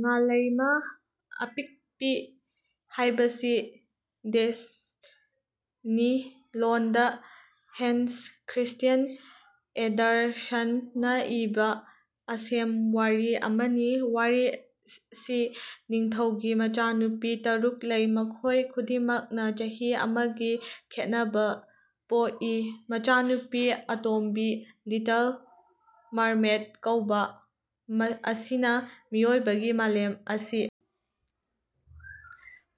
ꯉꯥꯂꯩꯃ ꯑꯄꯤꯛꯄꯤ ꯍꯥꯏꯕꯁꯤ ꯗꯦꯅꯤꯁ ꯂꯣꯟꯗ Hans Christian ꯑꯦꯟꯗꯔꯁꯟꯅ ꯏꯕ ꯑꯁꯦꯝ ꯋꯥꯔꯤ ꯑꯃꯅꯤ꯫ ꯋꯥꯔꯤ ꯁꯤ ꯅꯤꯡꯊꯧꯒꯤ ꯃꯆꯥꯅꯨꯄꯤ ꯇꯥꯔꯨꯛ ꯂꯩ, ꯃꯈꯣꯏ ꯈꯨꯗꯤꯡꯃꯛꯅ ꯆꯍꯤ ꯑꯃꯒꯤ ꯈꯦꯠꯅꯕ ꯄꯣꯛꯏ꯫ ꯃꯆꯥꯅꯨꯄꯤ ꯑꯇꯣꯝꯕꯤ (ꯂꯤꯇꯜ ꯃꯔꯃꯦꯗ ꯀꯧꯕ) ꯑꯁꯤꯅ ꯃꯤꯑꯣꯏꯕꯒꯤ ꯃꯥꯂꯦꯝ ꯑꯁꯤ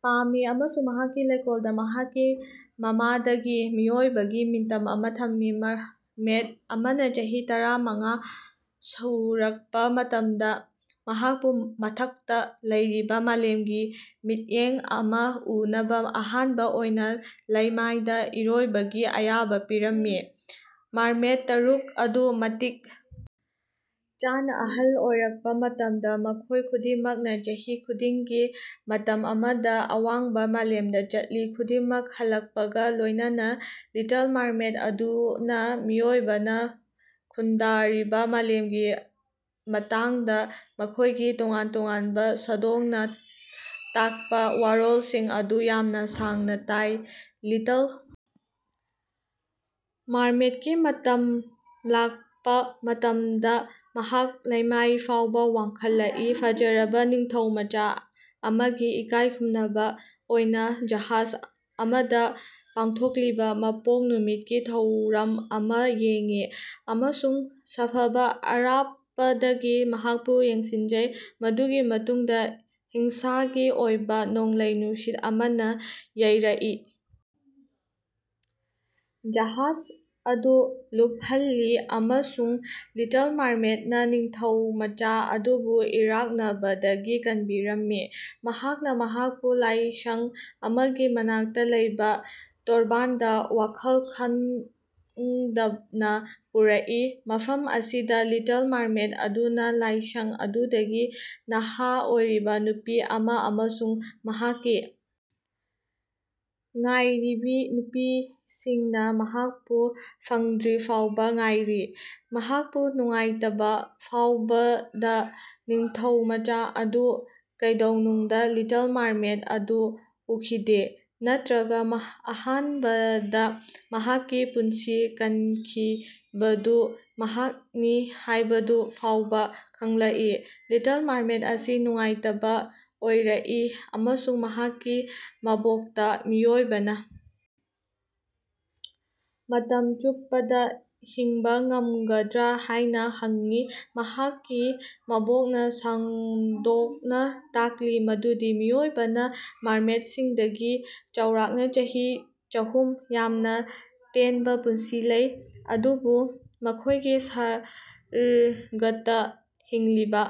ꯄꯥꯝꯃꯤ ꯑꯃꯁꯨꯡ ꯃꯍꯥꯛꯀꯤ ꯂꯩꯀꯣꯜꯗ ꯃꯍꯥꯛꯀꯤ ꯃꯃꯥꯗꯒꯤ ꯃꯤꯑꯣꯏꯕꯒꯤ ꯃꯤꯇꯝ ꯑꯃ ꯊꯝꯃꯤ꯫ ꯃꯔꯃꯦꯗ ꯑꯃꯅ ꯆꯍꯤ ꯇꯔꯥꯃꯉꯥ ꯁꯨꯔꯛꯄ ꯃꯇꯝꯗ, ꯃꯍꯥꯛꯄꯨ ꯃꯊꯛꯇ ꯂꯩꯔꯤꯕ ꯃꯥꯂꯦꯝꯒꯤ ꯃꯤꯠꯌꯦꯡ ꯑꯃ ꯎꯅꯕ ꯑꯍꯥꯟꯕ ꯑꯣꯏꯅ ꯂꯩꯃꯥꯏꯗ ꯏꯔꯣꯏꯕꯒꯤ ꯑꯌꯥꯕ ꯄꯤꯔꯝꯃꯤ꯫ ꯃꯔꯃꯦꯗ ꯇꯥꯔꯨꯛ ꯑꯗꯨ ꯃꯇꯤꯛ ꯆꯥꯅ ꯑꯍꯜ ꯑꯣꯏꯔꯛꯄ ꯃꯇꯝꯗ, ꯃꯈꯣꯏ ꯈꯨꯗꯤꯡꯃꯛꯅ ꯆꯍꯤ ꯈꯨꯗꯤꯡꯒꯤ ꯃꯇꯝ ꯑꯃꯗ ꯑꯋꯥꯡꯕ ꯃꯥꯂꯦꯝꯗ ꯆꯠꯂꯤ꯫ ꯈꯨꯗꯤꯡꯃꯛ ꯍꯜꯂꯛꯄꯒ ꯂꯣꯏꯅꯅ, ꯂꯤꯇꯜ ꯃꯔꯃꯦꯗ ꯑꯗꯨꯅ ꯃꯤꯑꯣꯏꯕꯅ ꯈꯨꯟꯗꯥꯔꯤꯕ ꯃꯥꯂꯦꯝꯒꯤ ꯃꯇꯥꯡꯗ ꯃꯈꯣꯏꯒꯤ ꯇꯣꯉꯥꯟ-ꯇꯣꯉꯥꯟꯕ ꯁꯟꯗꯣꯛꯅ ꯇꯥꯛꯄ ꯋꯥꯔꯣꯜꯁꯤꯡ ꯑꯗꯨ ꯌꯥꯝꯅ ꯁꯥꯡꯅ ꯇꯥꯏ꯫ ꯂꯤꯇꯜ ꯃꯔꯃꯦꯗꯀꯤ ꯃꯇꯝ ꯂꯥꯛꯄ ꯃꯇꯝꯗ, ꯃꯍꯥꯛ ꯂꯩꯃꯥꯏ ꯐꯥꯎꯕ ꯋꯥꯡꯈꯠꯂꯛꯏ, ꯐꯖꯔꯕ ꯅꯤꯡꯊꯧꯃꯆꯥ ꯑꯃꯒꯤ ꯏꯀꯥꯏꯈꯨꯝꯅꯕ ꯑꯣꯏꯅ ꯖꯍꯥꯖ ꯑꯃꯗ ꯄꯥꯡꯊꯣꯛꯂꯤꯕ ꯃꯄꯣꯛ ꯅꯨꯃꯤꯠꯀꯤ ꯊꯧꯔꯝ ꯑꯃ ꯌꯦꯡꯉꯤ, ꯑꯃꯁꯨꯡ ꯁꯥꯐꯕ ꯑꯔꯥꯞꯄꯗꯒꯤ ꯃꯍꯥꯛꯄꯨ ꯌꯦꯡꯁꯤꯡꯖꯩ꯫ ꯃꯗꯨꯒꯤ ꯃꯇꯨꯡꯗ ꯍꯤꯡꯁꯥꯒꯤ ꯑꯣꯏꯕ ꯅꯣꯡꯂꯩ-ꯅꯨꯡꯁꯤꯠ ꯑꯃꯅ ꯌꯩꯔꯛꯏ, ꯖꯍꯥꯖ ꯑꯗꯨ ꯂꯨꯞꯍꯜꯂꯤ, ꯑꯃꯁꯨꯡ ꯂꯤꯇꯜ ꯃꯔꯃꯦꯗꯅ ꯅꯤꯡꯊꯧꯃꯆꯥ ꯑꯗꯨꯕꯨ ꯏꯔꯥꯛꯅꯕꯗꯒꯤ ꯀꯟꯕꯤꯔꯝꯃꯤ꯫ ꯃꯍꯥꯛꯅ ꯃꯍꯥꯛꯄꯨ ꯂꯥꯏꯁꯪ ꯑꯃꯒꯤ ꯃꯅꯥꯛꯇ ꯂꯩꯕ ꯇꯣꯔꯕꯥꯟꯗ ꯋꯥꯈꯜ ꯈꯪꯗꯅ ꯄꯨꯔꯛꯏ꯫ ꯃꯐꯝ ꯑꯁꯤꯗ, ꯂꯤꯇꯜ ꯃꯔꯃꯦꯗ ꯑꯗꯨꯅ ꯂꯥꯏꯁꯪ ꯑꯗꯨꯗꯒꯤ ꯅꯍꯥ ꯑꯣꯏꯔꯤꯕ ꯅꯨꯄꯤ ꯑꯃ ꯑꯃꯁꯨꯡ ꯃꯍꯥꯛꯀꯤ ꯉꯥꯏꯔꯤꯕꯤ ꯅꯨꯄꯤꯁꯤꯡꯅ ꯃꯍꯥꯛꯄꯨ ꯐꯪꯗ꯭ꯔꯤꯐꯥꯎꯕ ꯉꯥꯏꯔꯤ꯫ ꯃꯍꯥꯛꯄꯨ ꯅꯨꯡꯉꯥꯏꯇꯕ ꯐꯥꯎꯕꯗ, ꯅꯤꯡꯊꯧꯃꯆꯥ ꯑꯗꯨꯅ ꯀꯩꯗꯧꯅꯨꯡꯗ ꯂꯤꯇꯜ ꯃꯔꯃꯦꯗ ꯑꯗꯨ ꯎꯈꯤꯗꯦ ꯅꯠꯇ꯭ꯔꯒ ꯑꯍꯥꯟꯕꯗ ꯃꯍꯥꯛꯀꯤ ꯄꯨꯟꯁꯤ ꯀꯟꯈꯤꯕꯗꯨ ꯃꯍꯥꯛꯅꯤ ꯍꯥꯏꯕꯗꯨ ꯐꯥꯎꯕ ꯈꯪꯂꯛꯏ꯫ ꯂꯤꯇꯜ ꯃꯔꯃꯦꯗ ꯑꯁꯤ ꯅꯨꯡꯉꯥꯏꯇꯕ ꯑꯣꯏꯔꯛꯏ ꯑꯃꯁꯨꯡ ꯃꯍꯥꯛꯀꯤ ꯃꯕꯣꯛꯇ ꯃꯤꯑꯣꯏꯕꯅ ꯃꯇꯝ ꯆꯨꯞꯄꯗ ꯍꯤꯡꯕ ꯉꯝꯒꯗ꯭ꯔ ꯍꯥꯏꯅ ꯍꯪꯏ꯫ ꯃꯍꯥꯛꯀꯤ ꯃꯕꯣꯛꯅ ꯁꯟꯗꯣꯛꯅ ꯇꯥꯛꯂꯤ ꯃꯗꯨꯗꯤ ꯃꯤꯑꯣꯏꯕꯅ ꯃꯔꯃꯦꯗꯁꯤꯡꯗꯒꯤ (ꯆꯥꯎꯔꯥꯛꯅ ꯆꯍꯤ ꯆꯥꯍꯨꯝ) ꯌꯥꯝꯅ ꯇꯦꯟꯕ ꯄꯨꯟꯁꯤ ꯂꯩ, ꯑꯗꯨꯕꯨ ꯃꯈꯣꯏꯒꯤ ꯁꯔꯒꯇ ꯍꯤꯡꯂꯤꯕ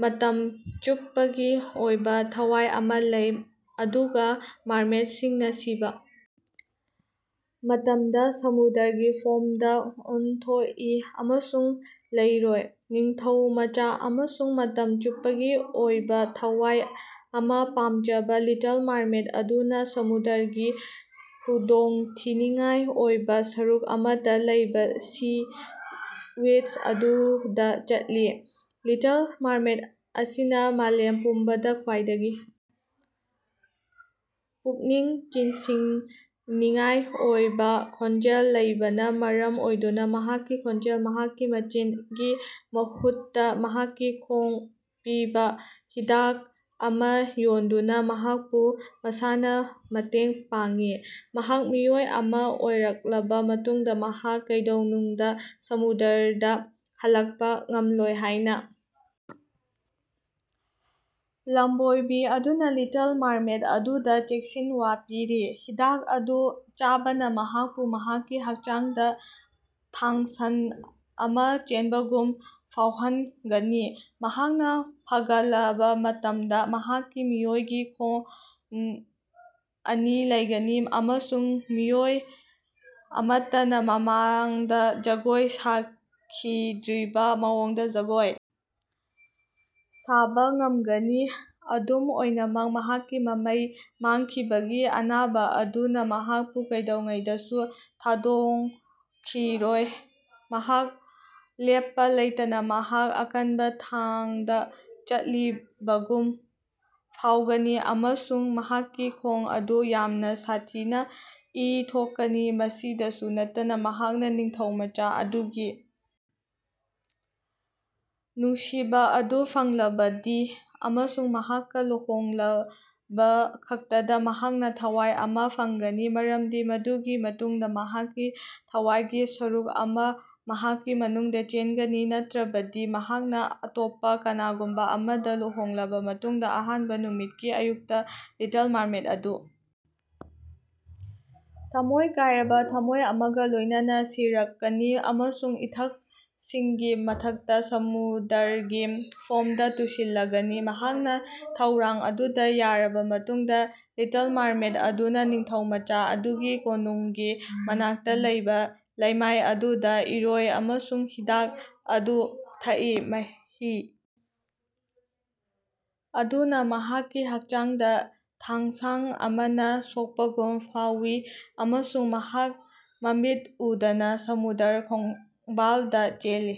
ꯃꯇꯝ ꯆꯨꯞꯄꯒꯤ ꯑꯣꯏꯕ ꯊꯋꯥꯏ ꯑꯃ ꯂꯩ, ꯑꯗꯨꯒ ꯃꯔꯃꯦꯗꯁꯤꯡꯅ ꯁꯤꯕ ꯃꯇꯝꯗ ꯁꯃꯨꯗ꯭ꯔꯒꯤ ꯐꯣꯝꯗ ꯑꯣꯟꯊꯣꯛꯏ ꯑꯃꯁꯨꯡ ꯂꯩꯔꯣꯏ꯫ ꯅꯤꯡꯊꯧꯃꯆꯥ ꯑꯃꯁꯨꯡ ꯃꯇꯝ ꯆꯨꯞꯄꯒꯤ ꯑꯣꯏꯕ ꯊꯋꯥꯏ ꯑꯃ ꯄꯥꯝꯖꯕ ꯂꯤꯇꯜ ꯃꯔꯃꯦꯗ ꯑꯗꯨꯅ ꯁꯃꯨꯗ꯭ꯔꯒꯤ ꯈꯨꯗꯣꯡꯊꯤꯅꯤꯡꯉꯥꯏ ꯑꯣꯏꯕ ꯁꯔꯨꯛ ꯑꯃꯗ ꯂꯩꯕ ꯁꯤ ꯋꯤꯆ ꯑꯗꯨꯗ ꯆꯠꯂꯤ꯫ ꯂꯤꯇꯜ ꯃꯔꯃꯦꯗ ꯑꯁꯤꯅ ꯃꯥꯂꯦꯝ ꯄꯨꯝꯕꯗ ꯈ꯭ꯋꯥꯏꯗꯒꯤ ꯄꯨꯛꯅꯤꯡ ꯆꯤꯡꯁꯤꯟꯅꯤꯡꯉꯥꯏ ꯑꯣꯏꯕ ꯈꯣꯟꯖꯦꯜ ꯂꯩꯕꯅ ꯃꯔꯝ ꯑꯣꯏꯗꯨꯅ ꯃꯍꯥꯛꯀꯤ ꯈꯣꯟꯖꯦꯜ (ꯃꯍꯥꯛꯀꯤ ꯃꯆꯤꯟ)ꯒꯤ ꯃꯍꯨꯠꯇ ꯃꯍꯥꯛꯀꯤ ꯈꯣꯡ ꯄꯤꯕ ꯍꯤꯗꯥꯛ ꯑꯃ ꯌꯣꯟꯗꯨꯅ ꯃꯍꯥꯛꯄꯨ ꯃꯁꯥꯅ ꯃꯇꯦꯡ ꯄꯥꯡꯉꯤ꯫ ꯃꯍꯥꯛ ꯃꯤꯑꯣꯏ ꯑꯃ ꯑꯣꯏꯔꯛꯂꯕ ꯃꯇꯨꯡꯗ ꯃꯍꯥꯛ ꯀꯩꯗꯧꯅꯨꯡꯗ ꯁꯃꯨꯗ꯭ꯔꯗ ꯍꯜꯂꯛꯄ ꯉꯝꯂꯣꯏ ꯍꯥꯏꯅ ꯂꯝꯕꯣꯏꯕꯤ ꯑꯗꯨꯅ ꯂꯤꯇꯜ ꯃꯔꯃꯦꯗ ꯑꯗꯨꯗ ꯆꯦꯛꯁꯤꯟꯋꯥ ꯄꯤꯔꯤ꯫ ꯍꯤꯗꯥꯛ ꯑꯗꯨ ꯆꯥꯕꯅ ꯃꯍꯥꯛꯄꯨ ꯃꯍꯥꯛꯀꯤ ꯍꯛꯆꯥꯡꯗ ꯊꯥꯡꯁꯥꯟ ꯑꯃ ꯆꯦꯟꯕꯒꯨꯝ ꯐꯥꯎꯍꯟꯒꯅꯤ꯫ ꯃꯍꯥꯛꯅ ꯐꯒꯠꯂꯕ ꯃꯇꯝꯗ, ꯃꯍꯥꯛꯀꯤ ꯃꯤꯑꯣꯏꯕꯒꯤ ꯈꯣꯡ ꯑꯅꯤ ꯂꯩꯒꯅꯤ ꯑꯃꯁꯨꯡ ꯃꯤꯑꯣꯏ ꯑꯃꯠꯇꯅ ꯃꯃꯥꯡꯗ ꯖꯒꯣꯏ ꯁꯥꯈꯤꯗ꯭ꯔꯤꯕ ꯃꯑꯣꯡꯗ ꯖꯒꯣꯏ ꯁꯥꯕ ꯉꯝꯒꯅꯤ ꯑꯗꯨꯝ ꯑꯣꯏꯅꯃꯛ, ꯃꯍꯥꯛꯀꯤ ꯃꯃꯩ ꯃꯥꯡꯈꯤꯕꯒꯤ ꯑꯅꯥꯕ ꯑꯗꯨꯅ ꯃꯍꯥꯛꯄꯨ ꯀꯩꯗꯧꯉꯩꯗꯁꯨ ꯊꯥꯗꯣꯛꯈꯤꯔꯣꯏ ꯃꯍꯥꯛ ꯂꯦꯞꯄ ꯂꯩꯇꯅ ꯃꯍꯥꯛ ꯑꯀꯟꯕ ꯊꯥꯡꯗ ꯆꯠꯂꯤꯕꯒꯨꯝ ꯐꯥꯎꯒꯅꯤ, ꯑꯃꯁꯨꯡ ꯃꯍꯥꯛꯀꯤ ꯈꯣꯡ ꯑꯗꯨ ꯌꯥꯝꯅ ꯁꯥꯊꯤꯅ ꯏ ꯊꯣꯛꯀꯅꯤ꯫ ꯃꯁꯤꯗꯁꯨ ꯅꯠꯇꯅ, ꯃꯍꯥꯛꯅ ꯅꯤꯡꯊꯧꯃꯆꯥ ꯑꯗꯨꯒꯤ ꯅꯨꯡꯁꯤꯕ ꯑꯗꯨ ꯐꯪꯂꯕꯗꯤ ꯑꯃꯁꯨꯡ ꯃꯍꯥꯛꯀ ꯂꯨꯍꯣꯡꯂꯕꯈꯛꯇꯗ ꯃꯍꯥꯛꯅ ꯊꯋꯥꯏ ꯑꯃ ꯐꯪꯒꯅꯤ, ꯃꯔꯝꯗꯤ ꯃꯗꯨꯒꯤ ꯃꯇꯨꯡꯗ ꯃꯍꯥꯛꯀꯤ ꯊꯋꯥꯏꯒꯤ ꯁꯔꯨꯛ ꯑꯃ ꯃꯍꯥꯛꯀꯤ ꯃꯅꯨꯡꯗ ꯆꯦꯟꯒꯅꯤ꯫ ꯅꯠꯇ꯭ꯔꯕꯗꯤ, ꯃꯍꯥꯛꯅ ꯑꯇꯣꯞꯄ ꯀꯅꯥꯒꯨꯝꯕ ꯑꯃꯒ ꯂꯨꯍꯣꯡꯂꯕ ꯃꯇꯨꯡꯗ ꯑꯍꯥꯟꯕ ꯅꯨꯃꯤꯠꯀꯤ ꯑꯌꯨꯛꯇ, ꯂꯤꯇꯜ ꯃꯔꯃꯦꯗ ꯑꯗꯨ ꯊꯃꯣꯏ ꯀꯥꯏꯔꯕ ꯊꯃꯣꯏ ꯑꯃꯒ ꯂꯣꯏꯅꯅ ꯁꯤꯔꯛꯀꯅꯤ ꯑꯃꯁꯨꯡ ꯏꯊꯛꯁꯤꯡꯒꯤ ꯃꯊꯛꯇ ꯁꯃꯨꯗ꯭ꯔꯒꯤ ꯐꯣꯝꯗ ꯇꯨꯡꯁꯤꯜꯂꯒꯅꯤ꯫ ꯃꯍꯥꯛꯅ ꯊꯧꯔꯥꯡ ꯑꯗꯨꯗ ꯌꯥꯔꯕ ꯃꯇꯨꯡꯗ, ꯂꯤꯇꯜ ꯃꯔꯃꯦꯗ ꯑꯗꯨꯅ ꯅꯤꯡꯊꯧꯃꯆꯥ ꯑꯗꯨꯒꯤ ꯀꯣꯅꯨꯡꯒꯤ ꯃꯅꯥꯛꯇ ꯂꯩꯕ ꯂꯩꯃꯥꯏ ꯑꯗꯨꯗ ꯏꯔꯣꯏ ꯑꯃꯁꯨꯡ ꯍꯤꯗꯥꯛ ꯑꯗꯨ ꯊꯛꯏ꯫ ꯃꯍꯤ ꯑꯗꯨꯅ ꯃꯍꯥꯛꯀꯤ ꯍꯛꯆꯥꯡꯗ ꯊꯥꯡꯁꯥꯡ ꯑꯃꯅ ꯁꯣꯛꯄꯒꯨꯝ ꯐꯥꯎꯋꯤ ꯑꯃꯁꯨꯡ ꯃꯍꯥꯛ ꯃꯃꯤꯠ ꯎꯗꯅ ꯁꯃꯨꯗ꯭ꯔ ꯈꯣꯡꯕꯥꯜꯗ ꯆꯦꯜꯂꯤ꯫